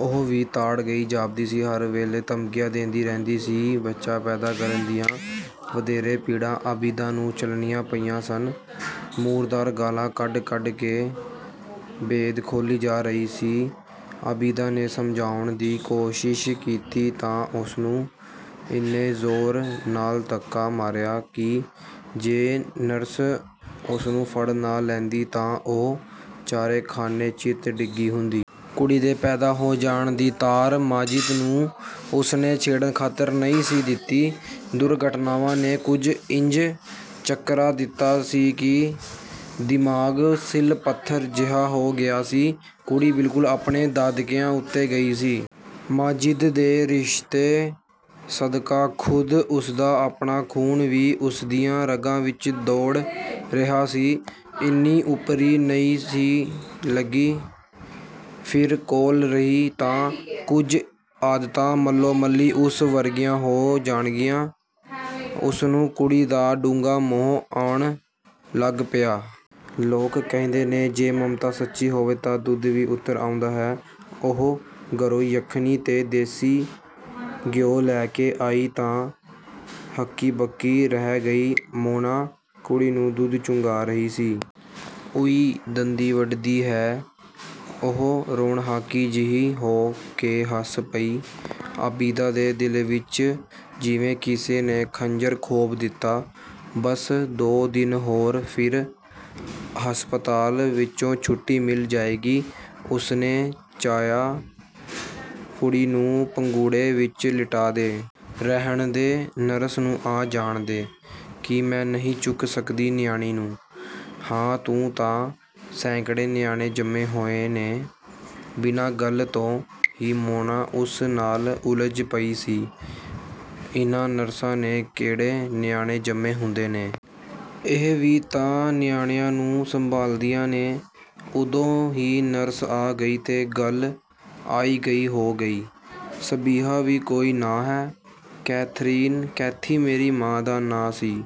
ਉਹ ਵੀ ਤਾੜ ਗਈ ਜਾਪਦੀ ਸੀ, ਹਰ ਵੇਲੇ ਧਮਕੀਆਂ ਦੇਂਦੀ ਰਹਿੰਦੀ ਸੀ। ਬੱਚਾ ਪੈਦਾ ਕਰਨ ਦੀਆਂ ਵਧੇਰੇ ਪੀੜਾਂ ਆਬਿਦਾ ਨੂੰ ਝੱਲਣੀਆਂ ਪਈਆਂ ਸਨ। ਮੁਰਦਾਰ ਗਾਲ੍ਹਾਂ ਕੱਢ-ਕੱਢ ਕੇ ਭੇਦ ਖੋਲ੍ਹੀ ਜਾ ਰਹੀ ਸੀ। ਆਬਿਦਾ ਨੇ ਸਮਝਾਉਣ ਦੀ ਕੋਸ਼ਿਸ਼ ਕੀਤੀ ਤਾਂ ਉਸਨੂੰ ਇੰਨੇ ਜ਼ੋਰ ਨਾਲ ਧੱਕਾ ਮਾਰਿਆ ਕਿ ਜੇ ਨਰਸ ਉਸਨੂੰ ਫੜ ਨਾ ਲੈਂਦੀ ਤਾਂ ਉਹ ਚਾਰੇ ਖਾਨੇ ਚਿੱਤ ਡਿੱਗੀ ਹੁੰਦੀ। ਕੁੜੀ ਦੇ ਪੈਦਾ ਹੋ ਜਾਣ ਦੀ ਤਾਰ ਮਾਜਿਦ ਨੂੰ ਉਸਨੇ ਛੇੜਣ ਖਾਤਰ ਨਹੀਂ ਸੀ ਦਿੱਤੀ। ਦੁਰ-ਘਟਨਾਵਾਂ ਨੇ ਕੁਝ ਇੰਜ ਚਕਰਾ ਦਿੱਤਾ ਸੀ ਕਿ ਦਿਮਾਗ਼ ਸਿਲ-ਪੱਥਰ ਜਿਹਾ ਹੋ ਗਿਆ ਸੀ। ਕੁੜੀ ਬਿਲਕੁਲ ਆਪਣੇ ਦਾਦਕਿਆਂ ਉੱਤੇ ਗਈ ਸੀ। ਮਾਜਿਦ ਦੇ ਰਿਸ਼ਤੇ ਸਦਕਾ ਖ਼ੁਦ ਉਸਦਾ ਆਪਣਾ ਖੂਨ ਵੀ ਉਸਦੀਆਂ ਰਗਾਂ ਵਿੱਚ ਦੌੜ ਰਿਹਾ ਸੀ, ਇੰਨੀ ਓਪਰੀ ਨਹੀਂ ਸੀ ਲੱਗੀ। ਫਿਰ ਕੋਲ ਰਹੀ ਤਾਂ ਕੁਝ ਆਦਤਾਂ ਮੱਲੋ-ਮੱਲੀ ਉਸ ਵਰਗੀਆਂ ਹੋ ਜਾਣਗੀਆਂ। ਉਸਨੂੰ ਕੁੜੀ ਦਾ ਡੂੰਘਾ ਮੋਹ ਆਉਣ ਲੱਗ ਪਿਆ। ਲੋਕ ਕਹਿੰਦੇ ਨੇ, 'ਜੇ ਮਮਤਾ ਸੱਚੀ ਹੋਵੇ ਤਾਂ ਦੁੱਧ ਵੀ ਉਤਰ ਆਉਂਦਾ ਹੈ!' ਉਹ ਘਰੋਂ ਯਖਨੀ ਤੇ ਦੇਸੀ ਘਿਓ ਲੈ ਕੇ ਆਈ ਤਾਂ ਹੱਕੀ-ਬੱਕੀ ਰਹਿ ਗਈ! ਮੋਨਾ ਕੁੜੀ ਨੂੰ ਦੁੱਧ ਚੁੰਘਾ ਰਹੀ ਸੀ! "ਉਈ, ਦੰਦੀ ਵੱਢਦੀ ਹੈ!" ਉਹ ਰੋਣਹਾਕੀ ਜਿਹੀ ਹੋ ਕੇ ਹੱਸ ਪਈ। ਆਬਿਦਾ ਦੇ ਦਿਲ ਵਿੱਚ ਜਿਵੇਂ ਕਿਸੇ ਨੇ ਖੰਜਰ ਖੋਭ ਦਿੱਤਾ। ਬੱਸ ਦੋ ਦਿਨ ਹੋਰ, ਫਿਰ ਹਸਪਤਾਲ ਵਿੱਚੋਂ ਛੁੱਟੀ ਮਿਲ ਜਾਏਗੀ। ਉਸਨੇ ਚਾਹਿਆ ਕੁੜੀ ਨੂੰ ਪੰਘੂੜੇ ਵਿੱਚ ਲਿਟਾ ਦੇ। "ਰਹਿਣ ਦੇ, ਨਰਸ ਨੂੰ ਆ ਜਾਣ ਦੇ--" "ਕੀ ਮੈਂ ਨਹੀਂ ਚੁੱਕ ਸਕਦੀ ਨਿਆਣੀ ਨੂੰ?" "ਹਾਂ, ਤੂੰ ਤਾਂ ਸੈਂਕੜੇ ਨਿਆਣੇ ਜੰਮੇ ਹੋਏ ਨੇ--" ਬਿਨਾਂ ਗੱਲ ਤੋਂ ਹੀ ਮੋਨਾ ਉਸ ਨਾਲ ਉਲਝ ਪਈ ਸੀ।"ਇਹਨਾਂ ਨਰਸਾਂ ਨੇ ਕਿਹੜੇ ਨਿਆਣੇ ਜੰਮੇ ਹੁੰਦੇ ਨੇ? ਇਹ ਵੀ ਤਾਂ ਨਿਆਣਿਆਂ ਨੂੰ ਸੰਭਾਲਦੀਆਂ ਨੇ।" ਉਦੋਂ ਹੀ ਨਰਸ ਆ ਗਈ ਤੇ ਗੱਲ ਆਈ-ਗਈ ਹੋ ਗਈ। "ਸਬਿਹਾ ਵੀ ਕੋਈ ਨਾਂ ਹੈ! ਕੈਥਰੀਨ, ਕੈਥੀ ਮੇਰੀ ਮਾਂ ਦਾ ਨਾਂ ਸੀ।"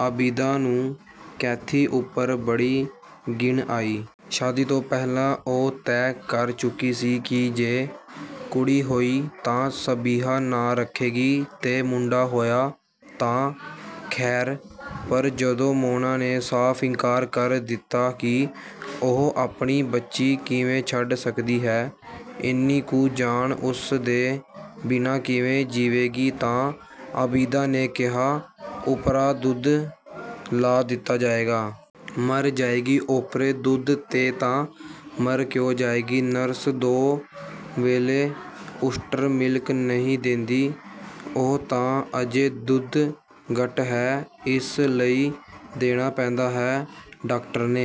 ਆਬਿਦਾ ਨੂੰ ਕੈਥੀ ਉੱਪਰ ਬੜੀ ਘਿਣ ਆਈ। ਸ਼ਾਦੀ ਤੋਂ ਪਹਿਲਾਂ ਉਹ ਤੈਅ ਕਰ ਚੁੱਕੀ ਸੀ ਕਿ ਜੇ ਕੁੜੀ ਹੋਈ ਤਾਂ ਸਬਿਹਾ ਨਾਂ ਰੱਖੇਗੀ ਤੇ ਮੁੰਡਾ ਹੋਇਆ ਤਾਂ; ਖ਼ੈਰ। ਪਰ ਜਦੋਂ ਮੋਨਾ ਨੇ ਸਾਫ ਇਨਕਾਰ ਕਰ ਦਿੱਤਾ ਕਿ ਉਹ ਆਪਣੀ ਬੱਚੀ ਕਿਵੇਂ ਛੱਡ ਸਕਦੀ ਹੈ, ਇੰਨੀ ਕੁ ਜਾਨ ਉਸ ਦੇ ਬਿਨਾਂ ਕਿਵੇਂ ਜੀਵੇਗੀ ਤਾਂ ਆਬਿਦਾ ਨੇ ਕਿਹਾ, "ਓਪਰਾ ਦੁੱਧ ਲਾ ਦਿੱਤਾ ਜਾਏਗਾ।" "ਮਰ ਜਾਏਗੀ, ਓਪਰੇ ਦੁੱਧ 'ਤੇ ਤਾਂ।" "ਮਰ ਕਿਉਂ ਜਾਏਗੀ, ਨਰਸ ਦੋ ਵੇਲੇ ਓਸਟਰ ਮਿਲਕ ਨਹੀਂ ਦੇਂਦੀ?" "ਉਹ ਤਾਂ ਅਜੇ ਦੁੱਧ ਘੱਟ ਹੈ, ਇਸ ਲਈ ਦੇਣਾ ਪੈਂਦਾ ਹੈ। ਡਾਕਟਰ ਨੇ